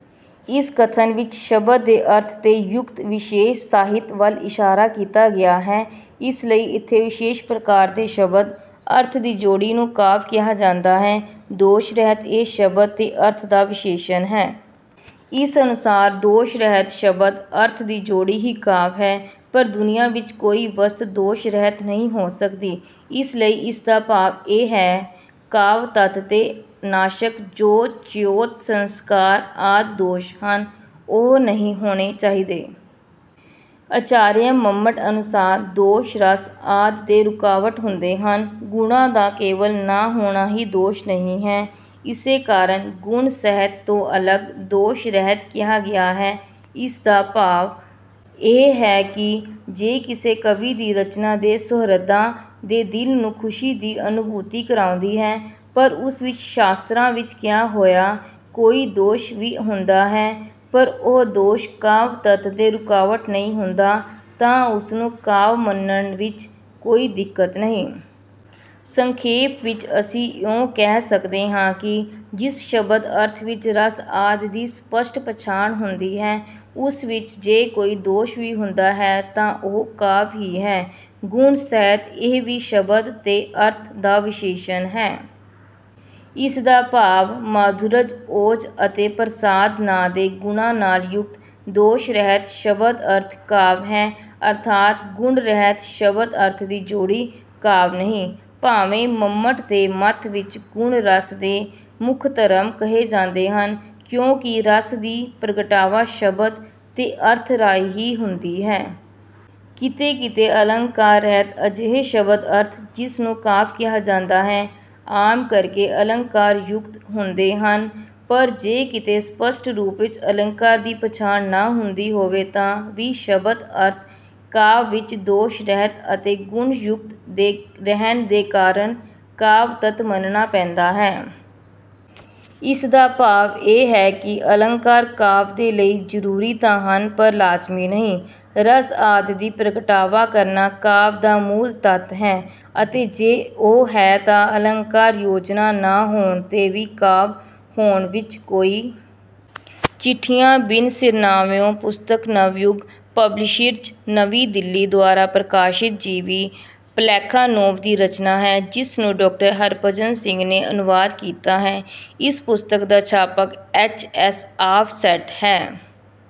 ਇਸ ਕਥਨ ਵਿੱਚ ਸ਼ਬਦ ਤੇ ਅਰਥ ਦੇ ਯੁਕਤ ਵਿਸ਼ੇਸ਼ ਸਾਹਿਤ ਵੱਲ ਇਸ਼ਾਰਾ ਕੀਤਾ ਗਿਆ ਹੈ। ਇਸ ਲਈ ਇਥੇ ਵਿਸ਼ੇਸ਼ ਪ੍ਰਕਾਰ ਦੇ ਸ਼ਬਦ ਅਰਥ ਦੀ ਜੋੜੀ ਨੂੰ ਕਾਵਿ ਕਿਹਾ ਗਿਆ ਹੈ। ਦੋਸ਼ ਰਹਿਤ ਇਹ ਸ਼ਬਦ ਤੇ ਅਰਥ ਦਾ ਵਿਸ਼ੇਸ਼ਣ ਹੈ। ਇਸ ਅਨੁਸਾਰ ਦੋਸ਼ ਰਹਿਤ ਸ਼ਬਦ ਅਰਥ ਦੀ ਜੋੜੀ ਹੀ ਕਾਵਿ ਹੈ। ਪਰ ਦੁਨੀਆਂ ਵਿਚ ਕੋਈ ਵਸਤ ਦੋਸ਼ ਰਹਿਤ ਨਹੀਂ ਹੋ ਸਕਦੀ। ਇਸ ਲਈ ਇਸ ਦਾ ਭਾਵ ਇਹ ਹੈ ਕਾਵਿ ਤੱਤ ਦੇ ਨਾਸ਼ਕ ਜੋ ਚਿਊਤ ਸੰਸਕਾਰ ਆਦਿ ਦੋਸ਼ ਹਨ ਉਹ ਨਹੀਂ ਹੋਣੇ ਚਾਹੀਦੇ। ਆਚਾਰੀਆ ਮੰਮਟ ਅਨੁਸਾਰ ਦੋਸ਼ ਰਸ ਆਦਿ ਦੇ ਰੁਕਾਵਟ ਹੁੰਦੇ ਹਨ ਗੁਣਾਂ ਦਾ ਕੇਵਲ ਨਾ ਹੋਣਾ ਹੀ ਦੋਸ਼ ਨਹੀਂ ਹੈ। ਇਸੇ ਕਾਰਨ ਗੁਣ ਸਹਿਤ ਤੋਂ ਅਲੱਗ ਦੋਸ਼ ਰਹਿਤ ਕਿਹਾ ਗਿਆ ਹੈ। ਇਸ ਦਾ ਭਾਵ ਇਹ ਹੈ ਕਿ ਜੇ ਕਿਸੇ ਕਵੀ ਦੀ ਰਚਨਾ ਦੇ ਸੁਹਿਰਦਾਂ ਦੇ ਦਿਲ ਨੂੰ ਖੁਸ਼ੀ ਦੀ ਅਨੁਭੂਤੀ ਕਰਾਉਂਦੀ ਹੈ ਪਰ ਉਸ ਵਿੱਚ ਸ਼ਾਸਤਰਾਂ ਵਿੱਚ ਕਿਹਾ ਹੋਇਆ ਕੋਈ ਦੋਸ਼ ਵੀ ਹੁੰਦਾ ਹੈ ਪਰ ਉਹ ਦੋਸ਼ ਕਾਵਿ ਤੱਤ ਦੇ ਰੁਕਾਵਟ ਨਹੀਂ ਹੁੰਦਾ ਤਾਂ ਉਸ ਨੂੰ ਕਾਵਿ ਮੰਨਣ ਵਿੱਚ ਕੋਈ ਦਿੱਕਤ ਨਹੀਂ। ਸੰਖੇਪ ਵਿੱਚ ਅਸੀਂ ਇਉਂ ਕਹਿ ਸਕਦੇ ਹਾਂ ਕਿ ਜਿਸ ਸ਼ਬਦ ਅਰਥ ਵਿੱਚ ਰਸ ਆਦਿ ਦੀ ਸਪਸ਼ਟ ਪਛਾਣ ਹੁੰਦੀ ਹੈ ਉਸ ਵਿੱਚ ਜੇ ਕੋਈ ਦੋਸ਼ ਵੀ ਹੁੰਦਾ ਹੈ ਤਾਂ ਉਹ ਕਾਵਿ ਹੀ ਹੈ। ਗੁਣ ਸਹਿਤ ਇਹ ਵੀ ਸ਼ਬਦ ਤੇ ਅਰਥ ਦਾ ਵਿਸ਼ੇਸ਼ਣ ਹੈ। ਇਸ ਦਾ ਭਾਵ ਮਾਧੁਰਜ ਓਜ ਅਤੇ ਪ੍ਰਸਾਦ ਨਾਂ ਦੇ ਗੁਣਾਂ ਨਾਲ ਯੁਕਤ ਦੋਸ਼ ਰਹਿਤ ਸ਼ਬਦ ਅਰਥ ਕਾਵਿ ਹੈ ਅਰਥਾਤ ਗੁਣ ਰਹਿਤ ਸ਼ਬਦ ਅਰਥ ਦੀ ਜੋੜੀ ਕਾਵਿ ਨਹੀਂ। ਭਾਵੇਂ ਮੰਮਟ ਦੇ ਮੱਤ ਵਿੱਚ ਗੁਣ ਰਸ ਦੇ ਮੁੱਖ ਧਰਮ ਕਹੇ ਜਾਂਦੇ ਹਨ ਕਿਉਂਕਿ ਰਸ ਦੀ ਪ੍ਰਗਟਾਵਾ ਸ਼ਬਦ ਤੇ ਅਰਥ ਰਾਹੀਂ ਹੀ ਹੁੰਦੀ ਹੈ। ਕਿਤੇ ਕਿਤੇ ਅਲੰਕਾਰ ਰਹਿਤ ਅਜਿਹੇ ਸ਼ਬਦ ਅਰਥ ਜਿਸ ਨੂੰ ਕਾਵਿ ਕਿਹਾ ਜਾਂਦਾ ਹੈ ਆਮ ਕਰਕੇ ਅਲੰਕਾਰ ਯੁਕਤ ਹੁੰਦੇ ਹਨ ਪਰ ਜੇ ਕਿਤੇ ਸਪਸ਼ਟ ਰੂਪ ਵਿੱਚ ਅਲੰਕਾਰ ਦੀ ਪਛਾਣ ਨਾ ਹੁੰਦੀ ਹੋਵੇ ਤਾਂ ਵੀ ਸ਼ਬਦ ਅਰਥ ਕਾਵਿ ਵਿੱਚ ਦੋਸ਼ ਰਹਿਤ ਅਤੇ ਗੁਣ ਯੁਕਤ ਦੇ ਰਹਿਣ ਦੇ ਕਾਰਨ ਕਾਵਿ ਤੱਤ ਮੰਨਣਾ ਪੈਂਦਾ ਹੈ। ਇਸ ਦਾ ਭਾਵ ਇਹ ਹੈ ਕਿ ਅਲੰਕਾਰ ਕਾਵਿ ਦੇ ਲਈ ਜ਼ਰੂਰੀ ਤਾਂ ਹਨ ਪਰ ਲਾਜ਼ਮੀ ਨਹੀਂ। ਰਸ ਆਦਿ ਦੀ ਪ੍ਰਗਟਾਵਾ ਕਰਨਾ ਕਾਵਿ ਦਾ ਮੂਲ ਤੱਤ ਹੈ ਅਤੇ ਜੇ ਉਹ ਹੈ ਤਾਂ ਅਲੰਕਾਰ ਯੋਜਨਾ ਨਾ ਹੋਣ ਤੇ ਵੀ ਕਾਵਿ ਹੋਣ ਵਿੱਚ ਕੋਈ। ਚਿੱਠੀਆਂ ਬਿਨ ਸਿਰਨਾਵਿਓਂ ਪੁਸਤਕ ਨਵਯੁਗ ਪਬਲਿਸ਼ਰਜ਼ ਨਵੀਂ ਦਿੱਲੀ ਦੁਆਰਾ ਪ੍ਰਕਾਸ਼ਿਤ ਜੀ ਵੀ ਪਲੈਖਾਨੋਵ ਦੀ ਰਚਨਾ ਹੈ ਜਿਸ ਨੂੰ ਡਾਕਟਰ ਹਰਿਭਜਨ ਸਿੰਘ ਨੇ ਅਨੁਵਾਦ ਕੀਤਾ ਹੈ। ਇਸ ਪੁਸਤਕ ਦਾ ਛਾਪਕ ਐਚ ਐਸ ਆਫਸੈਟ ਹੈ।